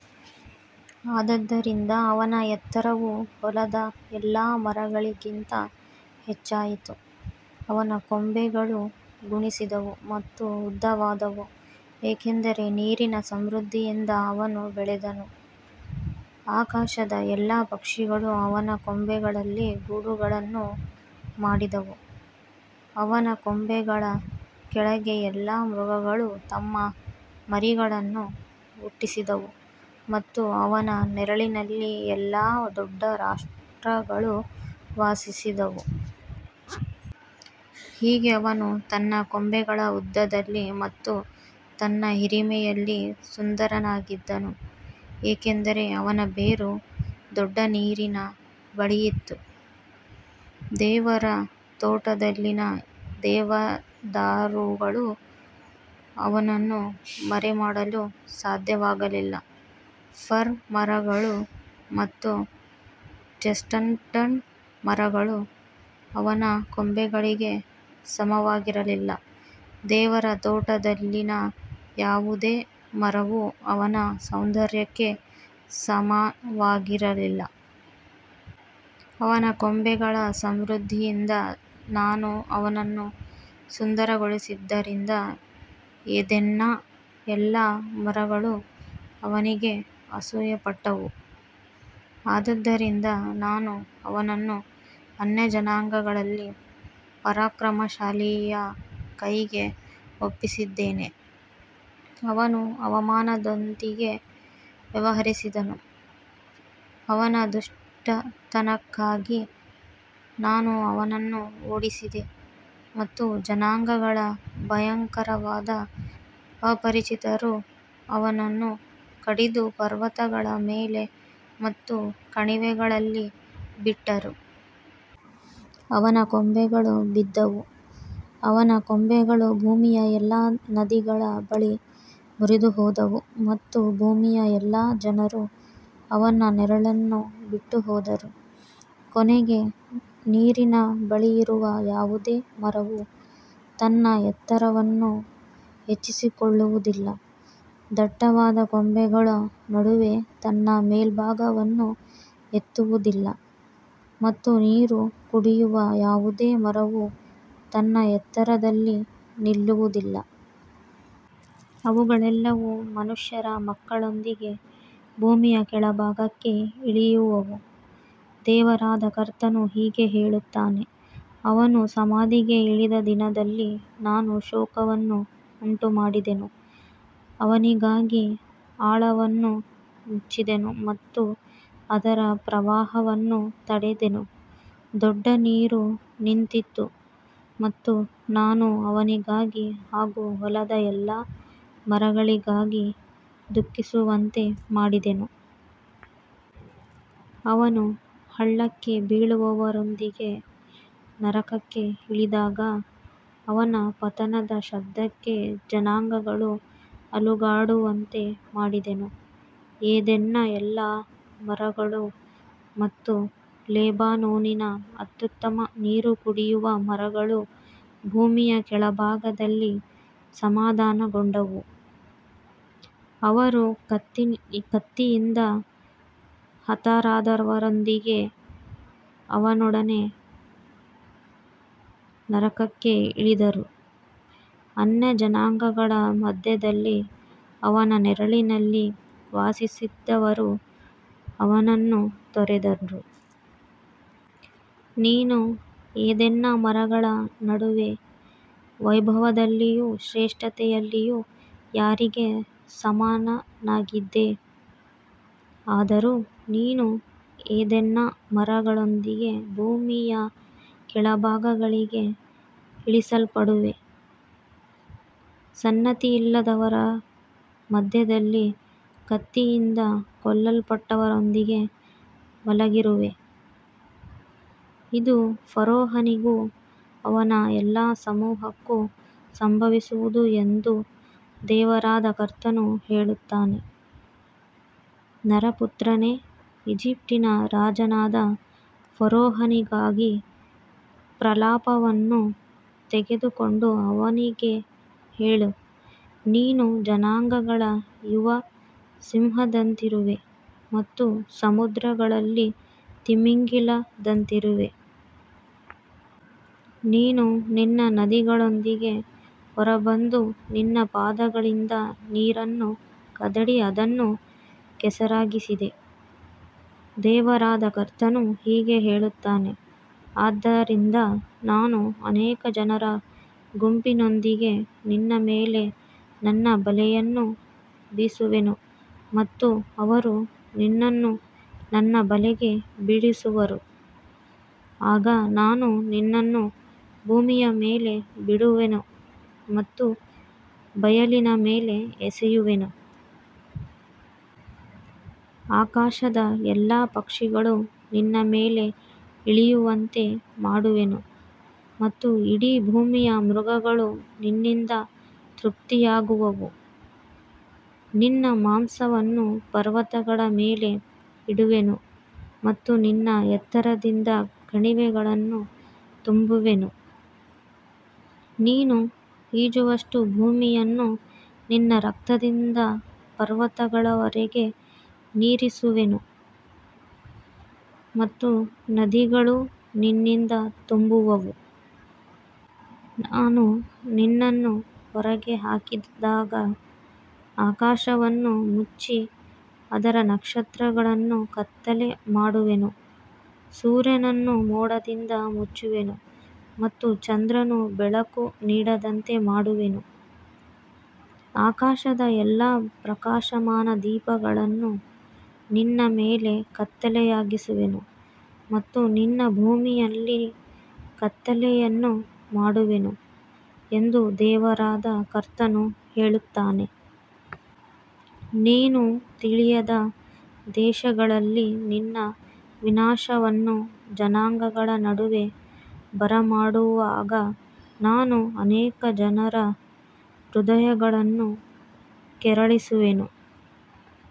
ಆದದರಿಂದ ಅವನ ಎತ್ತರವು ಹೊಲದ ಎಲ್ಲಾ ಮರಗಳಿಗಿಂತ ಹೆಚ್ಚಾಯಿತು, ಅವನ ಕೊಂಬೆಗಳು ಗುಣಿಸಿದವು ಮತ್ತು ಉದ್ದವಾದವು, ಏಕೆಂದರೆ ನೀರಿನ ಸಮೃದ್ಧಿಯಿಂದ ಅವನು ಬೆಳೆದನು. ಆಕಾಶದ ಎಲ್ಲಾ ಪಕ್ಷಿಗಳು ಅವನ ಕೊಂಬೆಗಳಲ್ಲಿ ಗೂಡುಗಳನ್ನು ಮಾಡಿದವು, ಅವನ ಕೊಂಬೆಗಳ ಕೆಳಗೆ ಎಲ್ಲಾ ಮೃಗಗಳು ತಮ್ಮ ಮರಿಗಳನ್ನು ಹುಟ್ಟಿಸಿದವು ಮತ್ತು ಅವನ ನೆರಳಿನಲ್ಲಿ ಎಲ್ಲಾ ದೊಡ್ಡ ರಾಷ್ಟ್ರಗಳು ವಾಸಿಸಿದವು. ಹೀಗೆ ಅವನು ತನ್ನ ಕೊಂಬೆಗಳ ಉದ್ದದಲ್ಲಿ ಮತ್ತು ತನ್ನ ಹಿರಿಮೆಯಲ್ಲಿ ಸುಂದರನಾಗಿದ್ದನು, ಏಕೆಂದರೆ ಅವನ ಬೇರು ದೊಡ್ಡ ನೀರಿನ ಬಳಿಯಿತ್ತು. ದೇವರ ತೋಟದಲ್ಲಿನ ದೇವದಾರುಗಳು ಅವನನ್ನು ಮರೆಮಾಡಲು ಸಾಧ್ಯವಾಗಲಿಲ್ಲ, ಫರ್ ಮರಗಳು ಮತ್ತು ಚೆಸ್ಟ್ನಟ್ ಮರಗಳು ಅವನ ಕೊಂಬೆಗಳಿಗೆ ಸಮವಾಗಿರಲಿಲ್ಲ, ದೇವರ ತೋಟದಲ್ಲಿನ ಯಾವುದೇ ಮರವೂ ಅವನ ಸೌಂದರ್ಯಕ್ಕೆ ಸಮವಾಗಿರಲಿಲ್ಲ. ಅವನ ಕೊಂಬೆಗಳ ಸಮೃದ್ಧಿಯಿಂದ ನಾನು ಅವನನ್ನು ಸುಂದರಗೊಳಿಸಿದ್ದರಿಂದ ಏದೆನ್ನ ಎಲ್ಲಾ ಮರಗಳು ಅವನಿಗೆ ಅಸೂಯೆಪಟ್ಟವು. ಆದದರಿಂದ ನಾನು ಅವನನ್ನು ಅನ್ಯಜನಾಂಗಗಳಲ್ಲಿ ಪರಾಕ್ರಮಶಾಲಿಯ ಕೈಗೆ ಒಪ್ಪಿಸಿದ್ದೇನೆ. ಅವನು ಅವನೊಂದಿಗೆ ವ್ಯವಹರಿಸಿದನು. ಅವನ ದುಷ್ಟತನಕ್ಕಾಗಿ ನಾನು ಅವನನ್ನು ಓಡಿಸಿದೆ ಮತ್ತು ಜನಾಂಗಗಳ ಭಯಂಕರವಾದ ಅಪರಿಚಿತರು ಅವನನ್ನು ಕಡಿದು ಪರ್ವತಗಳ ಮೇಲೆ ಮತ್ತು ಕಣಿವೆಗಳಲ್ಲಿ ಬಿಟ್ಟರು. ಅವನ ಕೊಂಬೆಗಳು ಬಿದ್ದವು, ಅವನ ಕೊಂಬೆಗಳು ಭೂಮಿಯ ಎಲ್ಲಾ ನದಿಗಳ ಬಳಿ ಮುರಿದುಹೋದವು ಮತ್ತು ಭೂಮಿಯ ಎಲ್ಲಾ ಜನರು ಅವನ ನೆರಳನ್ನು ಬಿಟ್ಟುಹೋದರು. ಕೊನೆಗೆ, ನೀರಿನ ಬಳಿಯಿರುವ ಯಾವುದೇ ಮರವು ತನ್ನ ಎತ್ತರವನ್ನು ಹೆಚ್ಚಿಸಿಕೊಳ್ಳುವುದಿಲ್ಲ, ದಟ್ಟವಾದ ಕೊಂಬೆಗಳ ನಡುವೆ ತನ್ನ ಮೇಲ್ಭಾಗವನ್ನು ಎತ್ತುವುದಿಲ್ಲ ಮತ್ತು ನೀರು ಕುಡಿಯುವ ಯಾವುದೇ ಮರವು ತನ್ನ ಎತ್ತರದಲ್ಲಿ ನಿಲ್ಲುವುದಿಲ್ಲ. ಅವುಗಳೆಲ್ಲವೂ ಮನುಷ್ಯರ ಮಕ್ಕಳೊಂದಿಗೆ ಭೂಮಿಯ ಕೆಳಭಾಗಕ್ಕೆ ಇಳಿಯುವವು. ದೇವರಾದ ಕರ್ತನು ಹೀಗೆ ಹೇಳುತ್ತಾನೆ, ಅವನು ಸಮಾಧಿಗೆ ಇಳಿದ ದಿನದಲ್ಲಿ ನಾನು ಶೋಕವನ್ನು ಉಂಟುಮಾಡಿದೆನು, ಅವನಿಗಾಗಿ ಆಳವನ್ನು ಮುಚ್ಚಿದೆನು ಮತ್ತು ಅದರ ಪ್ರವಾಹವನ್ನು ತಡೆದೆನು. ದೊಡ್ಡ ನೀರು ನಿಂತಿತು ಮತ್ತು ನಾನು ಅವನಿಗಾಗಿ ಹಾಗೂ ಹೊಲದ ಎಲ್ಲಾ ಮರಗಳಿಗಾಗಿ ದುಃಖಿಸುವಂತೆ ಮಾಡಿದೆನು. ಅವನು ಹಳ್ಳಕ್ಕೆ ಬೀಳುವವರೊಂದಿಗೆ ನರಕಕ್ಕೆ ಇಳಿದಾಗ ಅವನ ಪತನದ ಶಬ್ದಕ್ಕೆ ಜನಾಂಗಗಳು ಅಲುಗಾಡುವಂತೆ ಮಾಡಿದೆನು. ಏದೆನ್ನ ಎಲ್ಲಾ ಮರಗಳು ಮತ್ತು ಲೆಬನೋನಿನ ಅತ್ಯುತ್ತಮ ನೀರು ಕುಡಿಯುವ ಮರಗಳು ಭೂಮಿಯ ಕೆಳಭಾಗದಲ್ಲಿ ಸಮಾಧಾನಗೊಂಡವು. ಅವರು ಕತ್ತಿಯಿಂದ ಹತರಾದವರೊಂದಿಗೆ ಅವನೊಡನೆ ನರಕಕ್ಕೆ ಇಳಿದರು. ಅನ್ಯಜನಾಂಗಗಳ ಮಧ್ಯದಲ್ಲಿ ಅವನ ನೆರಳಿನಲ್ಲಿ ವಾಸಿಸಿದ್ದವರು ಅವನನ್ನು ತೊರೆದರು. ನೀನು ಏದೆನ್ನ ಮರಗಳ ನಡುವೆ ವೈಭವದಲ್ಲಿಯೂ ಶ್ರೇಷ್ಠತೆಯಲ್ಲಿಯೂ ಯಾರಿಗೆ ಸಮಾನನಾಗಿದ್ದೆ? ಆದರೂ ನೀನು ಏದೆನ್ನ ಮರಗಳೊಂದಿಗೆ ಭೂಮಿಯ ಕೆಳಭಾಗಗಳಿಗೆ ಇಳಿಸಲ್ಪಡುವೆ, ಸುನ್ನತಿಯಿಲ್ಲದವರ ಮಧ್ಯದಲ್ಲಿ ಕತ್ತಿಯಿಂದ ಕೊಲ್ಲಲ್ಪಟ್ಟವರೊಂದಿಗೆ ಮಲಗಿರುವೆ. ಇದು ಫರೋಹನಿಗೂ ಅವನ ಎಲ್ಲಾ ಸಮೂಹಕ್ಕೂ ಸಂಭವಿಸುವುದು ಎಂದು ದೇವರಾದ ಕರ್ತನು ಹೇಳುತ್ತಾನೆ. ನರಪುತ್ರನೇ, ಈಜಿಪ್ಟಿನ ರಾಜನಾದ ಫರೋಹನಿಗಾಗಿ ಪ್ರಲಾಪವನ್ನು ತೆಗೆದುಕೊಂಡು ಅವನಿಗೆ ಹೇಳು, ನೀನು ಜನಾಂಗಗಳ ಯುವ ಸಿಂಹದಂತಿರುವೆ ಮತ್ತು ಸಮುದ್ರಗಳಲ್ಲಿ ತಿಮಿಂಗಿಲದಂತಿರುವೆ. ನೀನು ನಿನ್ನ ನದಿಗಳೊಂದಿಗೆ ಹೊರಬಂದು ನಿನ್ನ ಪಾದಗಳಿಂದ ನೀರನ್ನು ಕದಡಿ ಅದನ್ನು ಕೆಸರಾಗಿಸಿದೆ. ದೇವರಾದ ಕರ್ತನು ಹೀಗೆ ಹೇಳುತ್ತಾನೆ, ಆದ್ದರಿಂದ ನಾನು ಅನೇಕ ಜನರ ಗುಂಪಿನೊಂದಿಗೆ ನಿನ್ನ ಮೇಲೆ ನನ್ನ ಬಲೆಯನ್ನು ಬೀಸುವೆನು ಮತ್ತು ಅವರು ನಿನ್ನನ್ನು ನನ್ನ ಬಲೆಗೆ ಬೀಳಿಸುವರು. ಆಗ ನಾನು ನಿನ್ನನ್ನು ಭೂಮಿಯ ಮೇಲೆ ಬಿಡುವೆನು ಮತ್ತು ಬಯಲಿನ ಮೇಲೆ ಎಸೆಯುವೆನು. ಆಕಾಶದ ಎಲ್ಲಾ ಪಕ್ಷಿಗಳು ನಿನ್ನ ಮೇಲೆ ಇಳಿಯುವಂತೆ ಮಾಡುವೆನು ಮತ್ತು ಇಡೀ ಭೂಮಿಯ ಮೃಗಗಳು ನಿನ್ನಿಂದ ತೃಪ್ತಿಯಾಗುವವು. ನಿನ್ನ ಮಾಂಸವನ್ನು ಪರ್ವತಗಳ ಮೇಲೆ ಇಡುವೆನು ಮತ್ತು ನಿನ್ನ ಎತ್ತರದಿಂದ ಕಣಿವೆಗಳನ್ನು ತುಂಬುವೆನು. ನೀನು ಈಜುವಷ್ಟು ಭೂಮಿಯನ್ನು ನಿನ್ನ ರಕ್ತದಿಂದ ಪರ್ವತಗಳವರೆಗೆ ನೀರಿಸುವೆನು ಮತ್ತು ನದಿಗಳು ನಿನ್ನಿಂದ ತುಂಬುವವು. ನಾನು ನಿನ್ನನ್ನು ಹೊರಗೆ ಹಾಕಿದಾಗ ಆಕಾಶವನ್ನು ಮುಚ್ಚಿ ಅದರ ನಕ್ಷತ್ರಗಳನ್ನು ಕತ್ತಲೆ ಮಾಡುವೆನು, ಸೂರ್ಯನನ್ನು ಮೋಡದಿಂದ ಮುಚ್ಚುವೆನು ಮತ್ತು ಚಂದ್ರನು ಬೆಳಕು ನೀಡದಂತೆ ಮಾಡುವೆನು. ಆಕಾಶದ ಎಲ್ಲಾ ಪ್ರಕಾಶಮಾನ ದೀಪಗಳನ್ನು ನಿನ್ನ ಮೇಲೆ ಕತ್ತಲೆಯಾಗಿಸುವೆನು ಮತ್ತು ನಿನ್ನ ಭೂಮಿಯಲ್ಲಿ ಕತ್ತಲೆಯನ್ನು ಮಾಡುವೆನು ಎಂದು ದೇವರಾದ ಕರ್ತನು ಹೇಳುತ್ತಾನೆ. ನೀನು ತಿಳಿಯದ ದೇಶಗಳಲ್ಲಿ ನಿನ್ನ ವಿನಾಶವನ್ನು ಜನಾಂಗಗಳ ನಡುವೆ ಬರಮಾಡುವಾಗ ನಾನು ಅನೇಕ ಜನರ ಹೃದಯಗಳನ್ನು ಕೆರಳಿಸುವೆನು.